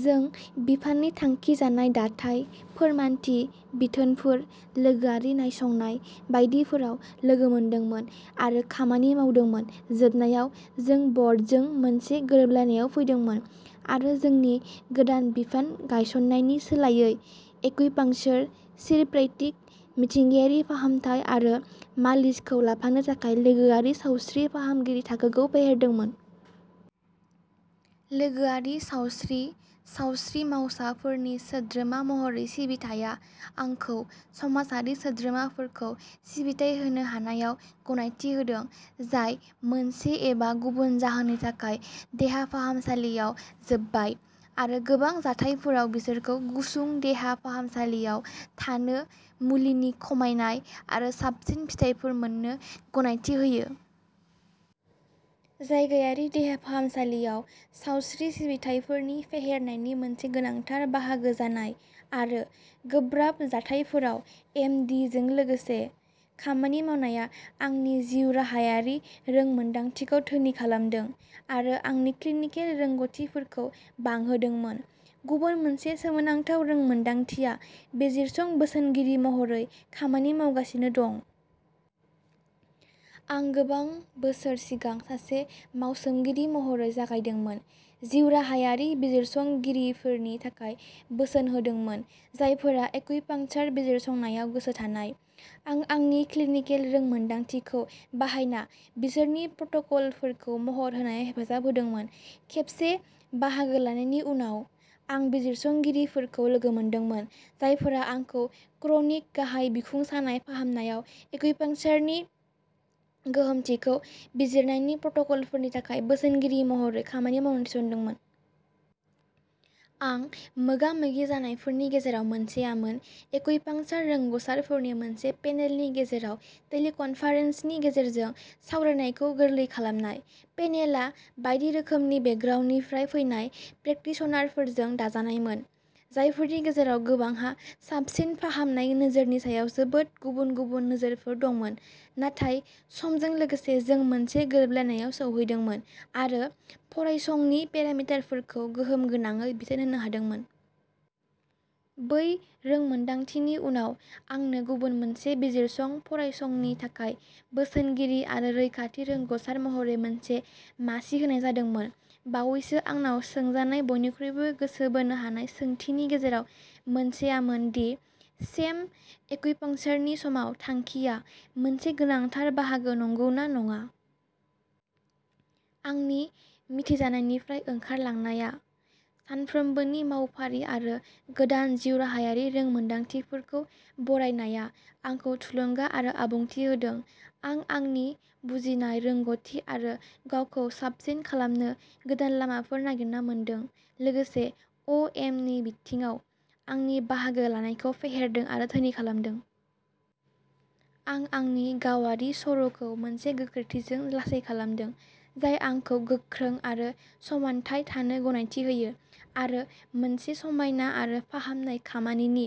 जों बिफाननि थांखिजानाय दाथाइ, फोरमानथि बिथोनफोर, लोगोआरि नायसंनाय बायदिफोराव लोगो मोनदोंमोन आरो खामानि मावदोंमोन। जोबनायाव, जों बर्डजों मोनसे गोरोबलायनायाव फैदोंमोन, आरो जोंनि गोदान बिफान गायसननायनि सोलायै, एक्युपंक्चर, चिरप्रैक्टिक, मिथिंगायारि फाहामथाय आरो मालिसखौ लाफानो थाखाय लोगोआरि सावस्रि फाहामगिरि थाखोखौ फेहेरदोंमोन। लोगोआरि सावस्रि सावस्रि मावसाफोरनि सोद्रोमा महरै सिबिथाया आंखौ समाजारि सोद्रोमाफोरखौ सिबिथाइ होनो हानायाव गनायथि होदों, जाय मोनसे एबा गुबुन जाहोननि थाखाय, देहा फाहामसालियाव जोबबाय, आरो गोबां जाथायफोराव बिसोरखौ गुसुं देहा फाहामसालियाव थानो, मुलिनि खमायनाय आरो साबसिन फिथायफोर मोननो गनायथि होयो। जायगायारि देहा फाहामसालियाव सावस्रि सिबिथाइफोरनि फेहेरनायनि मोनसे गोनांथार बाहागो जानाय, आरो गोब्राब जाथायफोराव एम डि जों लोगोसे खामानि मावनाया आंनि जिउराहायारि रोंमोनदांथिखौ धोनि खालामदों आरो आंनि क्लिनिकेल रोंग'थिफोरखौ बांहोदोंमोन। गुबुन मोनसे सोमोनांथाव रोंमोनदांथिया बिजिरसं बोसोनगिरि महरै खामानि मावगासिनो दं। आं गोबां बोसोर सिगां सासे मावसोमगिरि महरै जागायदोंमोन, जिउराहायारि बिजिरसंगिरिफोरनि थाखाय बोसोन होदोंमोन जायफोरा एक्युपंक्चर बिजिरसंनायाव गोसो थानाय। आं आंनि क्लिनिकेल रोंमोनदांथिखौ बाहायना बिसोरनि प्रट'कलफोरखौ महर होनायाव हेफाजाब होदोंमोन। खेबसे बाहागो लानायनि उनाव, आं बिजिरसंगिरिफोरखौ लोगो मोनदोंमोन, जायफोरा आंखौ क्रनिक गाहाय बिखुं सानाय फाहामनायाव एक्युपंक्चरनि गोहोमथिखौ बिजिरनायनि प्रट'कलफोरनि थाखाय बोसोनगिरि महरै खामानि मावनो थिसनदोंमोन। आं मोगा-मोगि जानायफोरनि गेजेराव मोनसेआमोन एक्युपंक्चर रोंग'सार फोरनि मोनसे पेनेलनि गेजेराव टेलिकनफारेन्सनि गेजेरजों सावरायनायखौ गोरलै खालामनाय। पेनेलआ बायदि रोखोमनि बेकग्राउन्डनिफ्राय फैनाय प्रेकटिशनारफोरजों दाजानायमोन, जायफोरनि गेजेराव गोबांहा साबसिन फाहामनाय नोजोरनि सायाव जोबोद गुबुन-गुबुन नोजोरफोर दंमोन, नाथाय समजों लोगोसे जों मोनसे गोरोबलायनायाव सौहैदोंमोन आरो फरायसंनि पेरामिटारफोरखौ गोहोम गोनाङै बिथोन होनो हादोंमोन। बै रोंमोनदांथिनि उनाव, आंनो गुबुन मोनसे बिजिरसं फरायसंनि थाखाय बोसोनगिरि आरो रैखाथि रोंग'सार महरै मोनसे मासि होनाय जादोंमोन। बावैसो आंनाव सोंजानाय बयनिख्रुइबो गोसो बोनो हानाय सोंथिनि गेजेराव मोनसेआमोन दि शेम एक्युपंक्चरनि समाव थांखिया मोनसे गोनांथार बाहागो नंगौना नङा। आंनि मिथिजानायनिफ्राय ओंखारलांनाया। सानफ्रोमबोनि मावफारि आरो गोदान जिउराहायारि रोंमोनदांथिफोरखौ बरायनाया आंखौ थुलुंगा आरो आबुंथि होदों। आं आंनि बुजिनाय, रोंग'थि-आरो गावखौ साबसिन खालामनो गोदान लामाफोर नागिरना मोनदों, लोगोसे अ'एमनि बिथिङाव आंनि बाहागो लानायखौ फेहेरदों आरो धोनि खालामदों। आं आंनि गावारि सर'खौ मोनसे गोख्रैथिजों लासै खालामदों, जाय आंखौ गोख्रों आरो समानथाय थानो गनायथि होयो, आरो मोनसे समायना आरो फाहामनाय खामानिनि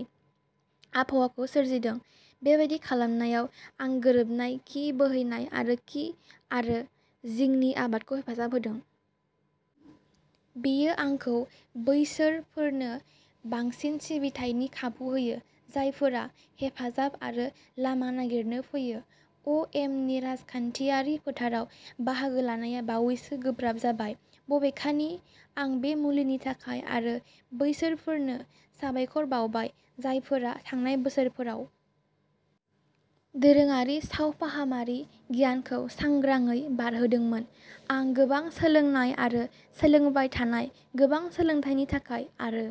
आबहावाखौ सोरजिदों। बेबादि खालामनायाव, आं गोरोबनाय कि बोहैनाय आरो कि आरो जिंनि आबादखौ हेफाजाब होदों। बेयो आंखौ बैसोरफोरनो बांसिन सिबिथायनि खाबु होयो जायफोरा हेफाजाब आरो लामा नागिरनो फैयो। अ'एमनि राजखान्थियारि फोथाराव बाहागो लानाया बावैसो गोब्राब जाबाय। बबेखानि, आं बे मुलिनि थाखाय आरो बैसोरफोरनो साबायखर बावबाय जायफोरा थांनाय बोसोरफोराव दोरोङारि सावफाहामारि गियानखौ सांग्राङै बारहोदोंमोन, आं गोबां सोलोंनाय आरो सोलोंबाय थानाय गोबां सोलोंथायनि थाखाय, आरो